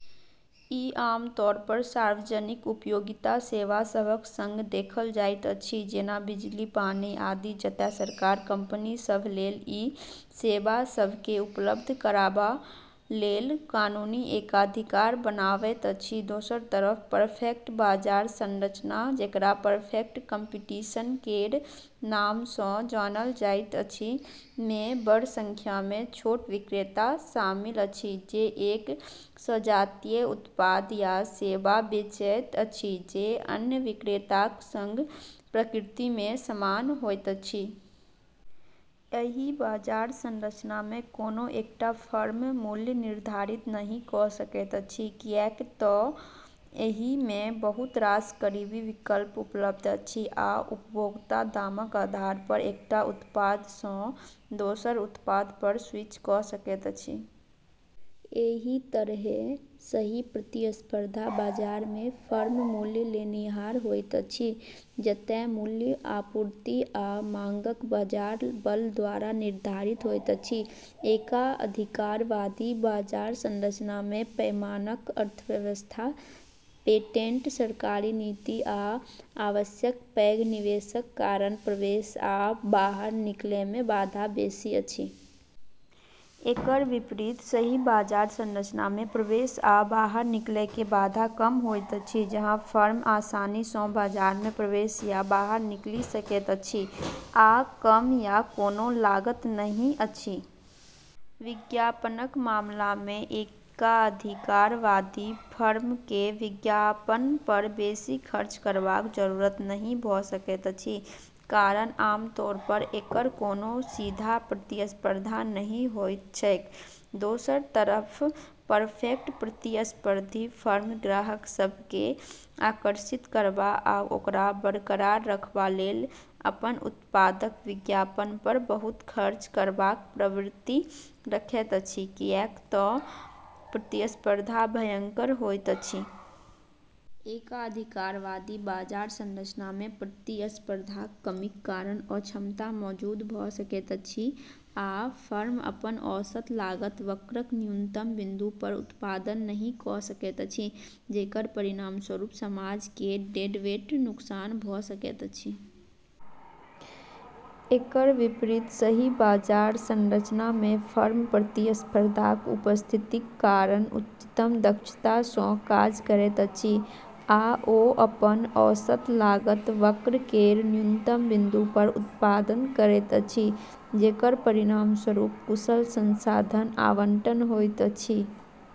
ई आमतौर पर सार्वजनिक उपयोगिता सेवा सभक सँग देखल जाइत अछि, जेना बिजली, पानी आदि जतए सरकार कंपनी सभ लेल ई सेवा सभ केँ उपलब्ध कराबबा लेल कानूनी एकाधिकार बनावैत अछि। दोसर तरफ, परफेक्ट बाजार संरचना जेकरा "परफेक्ट कम्पटीशन" केर नाम सँ भी जानल जाइत अछि, मे बड़ संख्या मे छोट विक्रेता शामिल अछि जे एक सजातीय उत्पाद या सेवा बेचैत अछि जे अन्य विक्रेताक सँग प्रकृति मे समान होइत अछि। एहि बाजार संरचना मे कोनो एकटा फर्म मूल्य निर्धारित नहि कऽ सकैत अछि, किएक तँ एहि मे बहुत रास करीबी विकल्प उपलब्ध अछि, आ उपभोक्ता दामक आधार पर एकटा उत्पाद सँ दोसर उत्पाद पर स्विच कऽ सकैत अछि। एहि तरहें, सही प्रतिस्पर्धा बाजार मे फर्म "मूल्य लेनिहार" होइत अछि, जतए मूल्य आपूर्ति आ मांगक बाजार बल द्वारा निर्धारित होइत अछि। एकाधिकारवादी बाजार संरचना मे, पैमानाक अर्थव्यवस्था, पेटेंट, सरकारी नीति, आ आवश्यक पैघ निवेशक कारण प्रवेश आ बाहर निकलै मे बाधा बेसि अछि। एकर विपरीत, सही बाजार संरचना मे प्रवेश आ बाहर निकलै के बाधा कम होइत अछि, जहाँ फर्म आसानी सँ बाजार मे प्रवेश या बाहर निकली सकैत अछि आ कम या कोनो लागत नहि अछि। विज्ञापनक मामला मे एकाधिकारवादी फर्म केँ विज्ञापन पर बेसी खर्च करबाक जरूरत नहि भऽ सकैत अछि, कारण आमतौर पर एकर कोनो सीधा प्रतिस्पर्धा नहि होइत छैक। दोसर तरफ परफेक्ट प्रतिस्पर्धी फर्म ग्राहक सभ केँ आकर्षित करबा आ ओकरा बरकरार रखबा लेल अपन उत्पादक विज्ञापन पर बहुत खर्च करबाक प्रवृत्ति रखैत अछि, किएक तँ प्रतिस्पर्धा भयंकर होइत अछि। एकाधिकारवादी बाजार संरचना मे प्रतिस्पर्धाक कमीक कारण अक्षमता मौजूद भऽ सकैत अछि आ फर्म अपन औसत लागत वक्रक न्यूनतम बिंदु पर उत्पादन नहि कऽ सकैत अछि, जेकर परिणामस्वरूप समाज केँ डेडवेट नुकसान भऽ सकैत अछि। एकर विपरीत, सही बाजार संरचना मे फर्म प्रतिस्पर्धाक उपस्थितिक कारण उच्चतम दक्षता सँ काज करैत अछि, आ ओ अपन औसत लागत वक्र केर न्यूनतम बिंदु पर उत्पादन करैत अछि, जेकर परिणामस्वरूप कुशल संसाधन आवंटन होइत अछि।